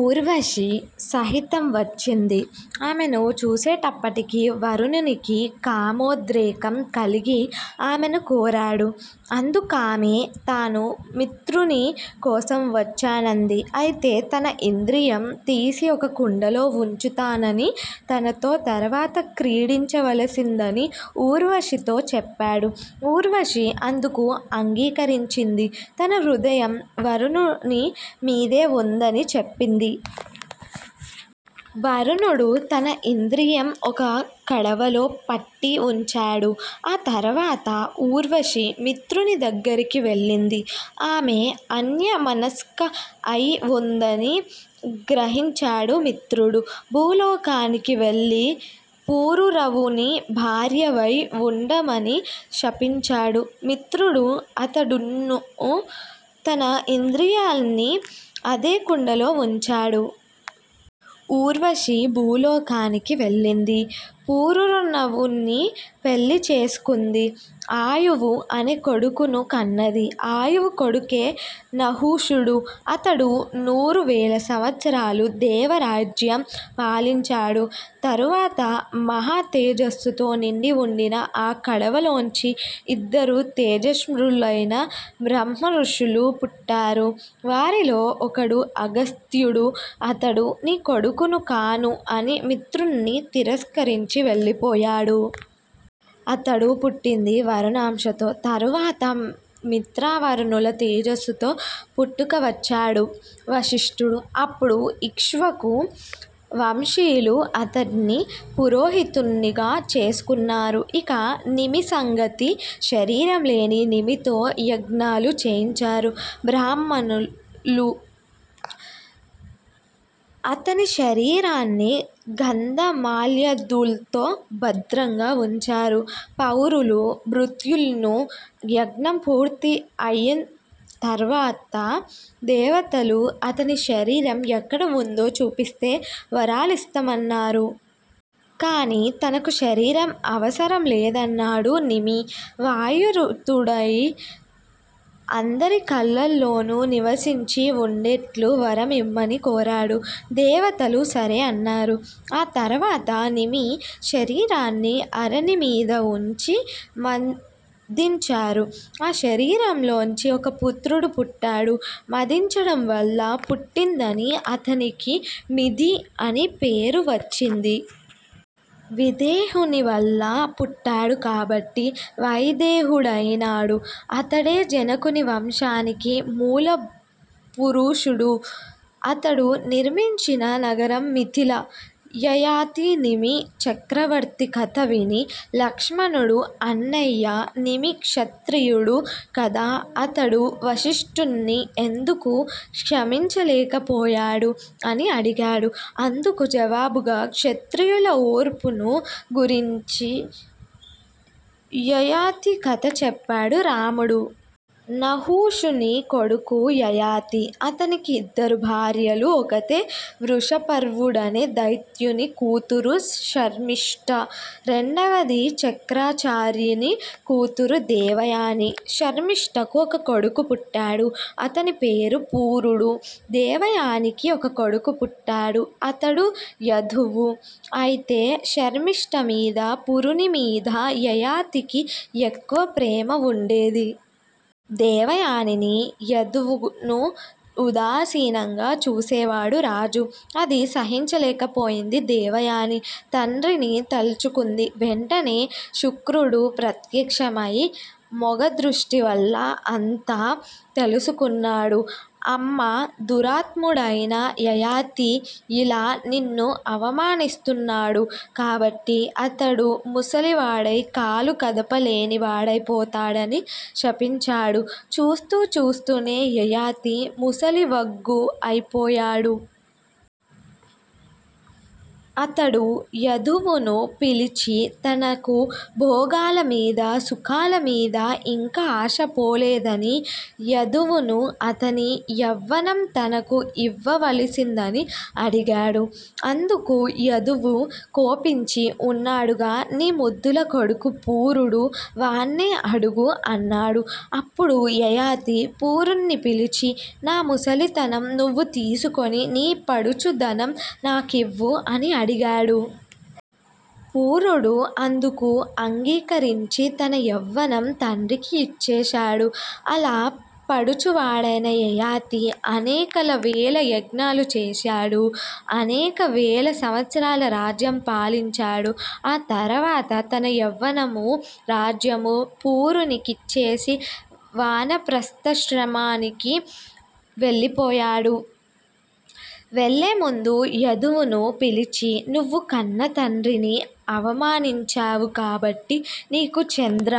ఊర్వశి సహితం వచ్చింది. ఆమెను చూసేటప్పటికి వరుణినికి కామోద్రేకం కలిగి ఆమెను కోరాడు. అందుకామె తాను మిత్రుని కోసం వచ్చానంది. అయితే తన ఇంద్రియం తీసి ఒక కుండలో వుంచుతాననీ తనతో తరువాత క్రీడించవలసిందనీ ఊర్వశితో చెప్పాడు. ఊర్వశి అందుకు అంగీకరించింది. తన హృదయం వరుణుని మీదే వుందని చెప్పింది. వరుణుడు తన ఇంద్రియం ఒక కడవలో పట్టి వుంచాడు. ఆ తర్వాత ఊర్వశి మిత్రుని దగ్గరికి వెళ్ళింది. ఆమె అన్య మనస్క అయి వుందని గ్రహించాడు మిత్రుడు. భూలోకానికి వెళ్లి పురూరవుని భార్యవై వుండమని శపించాడు మిత్రుడు. అతడున్నూ తన ఇంద్రియాన్ని అదే కుండలో వుంచాడు. ఊర్వశి భూలోకానికి వెళ్లింది. పురూరవుణ్ణి పెళ్లి చేసుకుంది. 'ఆయువు' అనే కొడుకును కన్నది. ఆయువు కొడుకే నహూషుడు. అతడు నూరువేల సంవత్సరాలు దేవ రాజ్యం పాలించాడు. తరువాత మహా తేజస్సుతో నిండి వుండిన ఆ కడవలోంచి ఇద్దరు తేజశ్శాలులైన బ్రహ్మర్షులు పుట్టారు. వారిలో ఒకడు అగస్త్యుడు అతడు నీ కొడుకును కాను అని మిత్రుణ్ని తిరస్కరించి వెళ్ళిపోయాడు. అతడు పుట్టింది వరుణాంశతో. తరువాత మిత్రావరుణుల తేజస్సుతో పుట్టుక వచ్చాడు వశిష్ఠుడు. అప్పుడు ఇక్ష్వాకు వంశీయులు అతణ్ని పురోహితుణ్నిగా చేసుకున్నారు. ఇక నిమి సంగతి. శరీరం లేని నిమితో యజ్ఞాలు చేయించారు బ్రాహ్మణులు. అతని శరీరాన్ని గంధమాల్యాదుల్తో భద్రంగా వుంచారు పౌరులూ, భృత్యులున్నూ, యజ్ఞం పూర్తి అయిం తర్వాత దేవతలు అతని శరీరం ఎక్కడవుందో చూపిస్తే వరాలిస్తామన్నారు. కాని తనకు శరీరం అవసరం లేదన్నాడు నిమి. వాయుబూతుడై అందరి కళ్ళల్లోనూ నివసించి వుండేట్లు వరం ఇమ్మని కోరాడు. దేవతలు 'సరే' అన్నారు. ఆ తర్వాత నిమి శరీరాన్ని అరణి మీద వుంచి మంధిచారు. ఆ శరీరంలోంచి ఒక పుత్రుడు పుట్టాడు. మధించడం వల్ల పుట్టిందని అతనికి 'మిధి' అని పేరు వచ్చింది. విదేహుని వల్ల పుట్టాడు కాబట్టి వైదేహుడైనాడు. అతడే జనకుని వంశానికి మూలపుఋషుడు. అతడు నిర్మించిన నగరం మిథిల. యయాతి నిమి చక్రవర్తి కథ విని లక్ష్మణుడు అన్నయ్యా! నిమి క్షత్రియుడు కదా! అతడు వశిష్టుణ్నిఎందుకు క్షమించలేకపోయాడు? ' అని అడిగాడు. అందుకు జవాబుగా క్షత్రియుల ఓర్పును గూర్చి యయాతి కథ చెప్పాడు రాముడు. నహుషుని కొడుకు యయాతి. అతనికి ఇద్దరు భార్యలు. ఒకతే వృషపర్వుడనే దైత్యుని కూతురు శర్మిష్ఠ. రెండవది చక్రాచార్యుని కూతురు దేవయాని. శర్మిష్ఠకు ఒక కొడుకు పుట్టాడు. అతని పేరు పూరుడు. దేవయానికీ ఒక కొడుకు పుట్టాడు. అతడు యదువు. అయితే శర్మిష్ఠమీదా, పూరునిమీదా యయాతికి ఎక్కువ ప్రేమ వుండేది. దేవయానినీ, యదువునూ ఉదాసీనంగా చూసేవాడు రాజు. అది సహించలేకపోయింది దేవయాని. తండ్రిని తల్చుకుంది. వెంటనే శుక్రుడు ప్రత్యక్షం అయి మొగదృష్టి వల్ల అంతా తెలుసుకున్నాడు. అమ్మా! దురాత్ముడైన యయాతి యిలా నిన్ను అవమానిస్తున్నాడు కాబట్టి అతడు ముసలివాడై కాలు కదపలేని వాడైపోతాడని శపించాడు. చూస్తూ, చూస్తూనే యయాతి ముసలి వగ్గు అయిపోయాడు. అతడు యదువును పిలిచి తనకు భోగాల మీద సుఖాలమీదా ఇంకా ఆశపోలేదనీ యదువును అతని యవ్వనం తనకు ఇవ్వవలసిందనీ అడిగాడు. అందుకు యదువు కోపించి ఉన్నాడుగా నీ ముద్దుల కొడుకు పూరుడు. వాణ్ణే అడుగు అన్నాడు. అప్పుడు యయాతి పూరుణ్ణి పిలిచాడు. నా ముసలితనం నువ్వు తీసుకొని నీ పడుచుదనం నాకివ్వు అని అడిగాడు. పూరుడు అందుకు అంగీకరించి తన యవ్వనం తండ్రికి యిచ్చేశాడు. అలా పడుచువాడైన యయాతి అనేక వేల యజ్ఞాలు చేశాడు. అనేకవేల సంవత్సరాల రాజ్యం పాలించాడు. ఆ తరువాత తన యవ్వనమూ, రాజ్యమూ పూరునికి ఇచ్చేసి వానప్రస్థాశ్రమానికి వెళ్ళిపోయాడు. వెళ్లేముందు యదువును పిలిచి నువ్వు కన్న తండ్రిని అవమానించావు. కాబట్టి నీకు చంద్ర